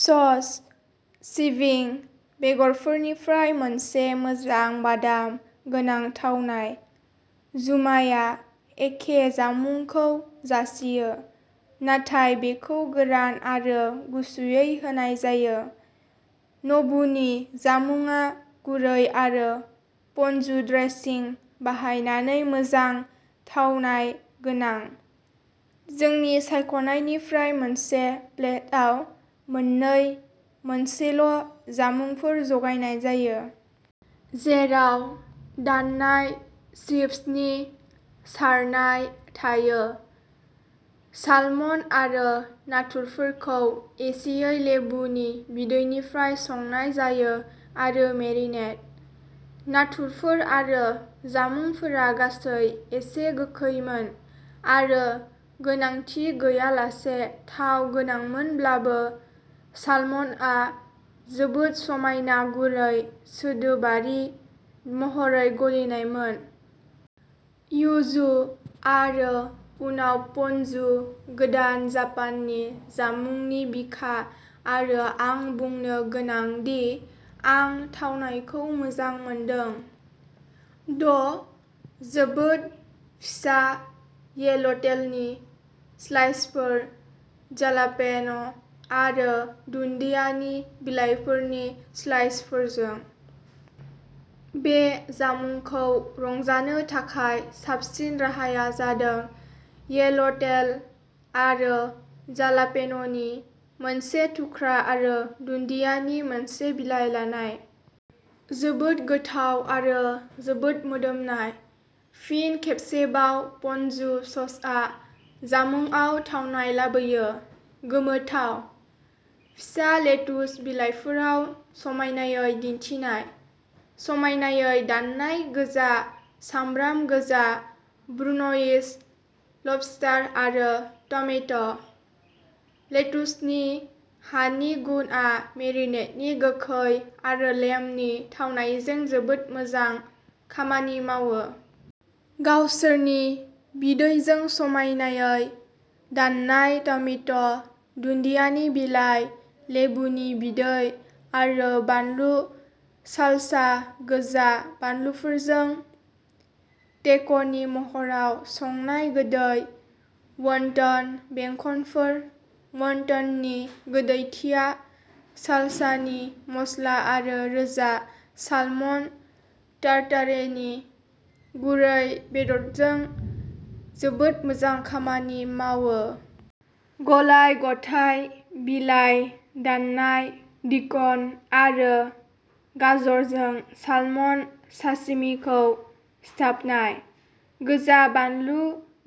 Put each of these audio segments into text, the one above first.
सस, सिबिं बेगरफोरनिफ्राय मोनसे मोजां बादाम गोनां थावनाय। जुमाया एखे जामुंखौ जासियो। नाथाय बेखौ गोरान आरो गुसुयै होनाय जायो। नबुनि जामुंआ गुरै आरो पनजु ड्रेसिं बाहायनानै मोजां थावनाय गोनां। जोंनि सायख'नायनिफ्राय मोनसे प्लेटआव मोननै मोनसेल' जामुंफोर जगायनाय जायो। जेराव दाननाय चिभ्सनि सारनाय थायो। सालमन आरो नाथुरफोरखौ एसेयै लेबुनि बिदैनिफ्राय संनाय जायो आरो मेरिनेड। नाथुरफोर आरो जामुंफोरा गासै एसे गोखैमोन आरो गोनांथि गैयालासे थाव गोनांमोनब्लाबो सालमनआ जोबोद समायना गुरै सोदोबारि महरै गलिनायमोन। युजु आरो उनाव पनजु गोदान जापाननि जामुंनि बिखा आरो आं बुंनो गोनां दि आं थावनायखौ मोजां मोनदों। द’ जोबोद फिसा येल'टेलनि स्लाइसफोर जालापेन' आरो दुन्दियानि बिलाइफोरनि स्लाइसफोरजों। बे जामुंखौ रंजानो थाखाय साबसिन राहाया जादों येल'टेल आरो जालापेन'नि मोनसे थुख्रा आरो दुन्दियानि मोनसे बिलाइ लानाय। जोबोद गोथाव आरो जोबोद मोदोमनाय। फिन खेबसेबाव पनजु ससआ जामुंआव थावनाय लाबोयो। गोमोथाव। फिसा लेटुस बिलाइफोराव समायनायै दिन्थिनाय। समायनायै दाननाय गोजा सामब्राम गोजा ब्रुन'इज लबस्टार आरो टामेट'। लेटुसनि हानि गुनआ मेरिनेडनि गोखै आरो लेमनि थावनायजों जोबोद मोजां खामानि मावो। गावसोरनि बिदैजों समायनायै दाननाय टामेट’ दुन्दियानि बिलाइ लेबुनि बिदै आरो बानलु सालसा गोजा बानलुफोरजों। टेक'नि महराव संनाय गोदै वनटन बेंखनफोर। वनटननि गोदैथिया सालसानि मस्ला आरो रोजा सालमन टारटारेनि गुरै बेदरजों जोबोद मोजां खामानि मावो। गलाय-गथाय बिलाइ दाननाय डिक'न आरो गाजरजों सालमन साशिमिखौ सिथाबनाय। गोजा बानलु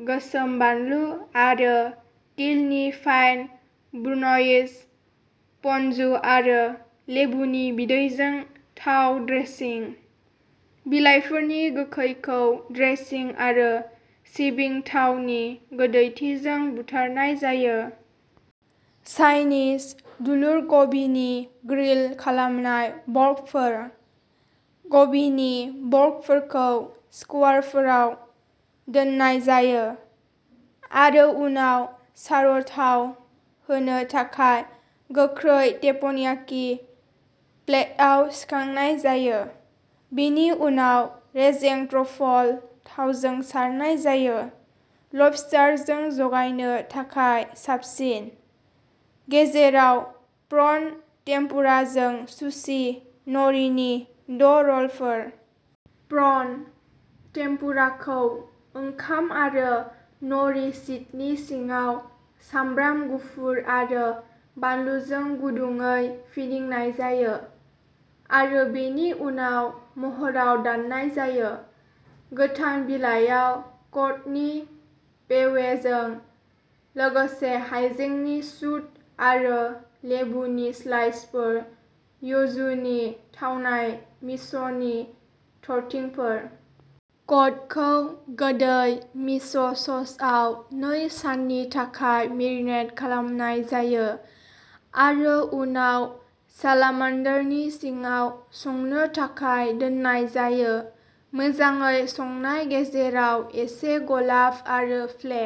गोसोम बानलु आरो तिलनि फाइन ब्रुन'इज पनजु आरो लेबुनि बिदैजों थाव ड्रेसिं। बिलाइफोरनि गोखैखौ ड्रेसिं आरो सिबिं थाव नि गोदैथिजों बुथारनाय जायो। चाइनिज दुलुर कबिनि ग्रिल खालामनाय बर्गफोर। कबिनि बर्गफोरखौ स्किवारफोराव दोननाय जायो आरो उनाव चार'थाव होनो थाखाय गोख्रै टेप्पनयाकि प्लेटआव सिखांनाय जायो। बेनि उनाव रेजें ट्रफल थावजों सारनाय जायो। लबस्टारजों जगायनो थाखाय साबसिन। गेजेराव प्रन टेम्पुराजों सुशि न'रिनि द’ रलफोर। प्रन टेम्पुराखौ ओंखाम आरो न'रि शीटनि सिङाव सामब्राम गुफुर आरो बानलुजों गुदुंयै फिदिंनाय जायो आरो बेनि उनाव महरआव दाननाय जायो। गोथां बिलाइआव क'डनि पेवे जों लोगोसे हायजेंनि शुट आरो लेबुनि स्लाइसफोर युजुनि थावनाय मिस'नि थरथिंफोर। क'डखौ गोदै मिस' ससआव नै साननि थाखाय मेरिनेट खालामनाय जायो आरो उनाव सालामान्डारनि सिङाव संनो थाखाय दोननाय जायो। मोजाङै संनाय गेजेराव एसे गलाब आरो फ्ले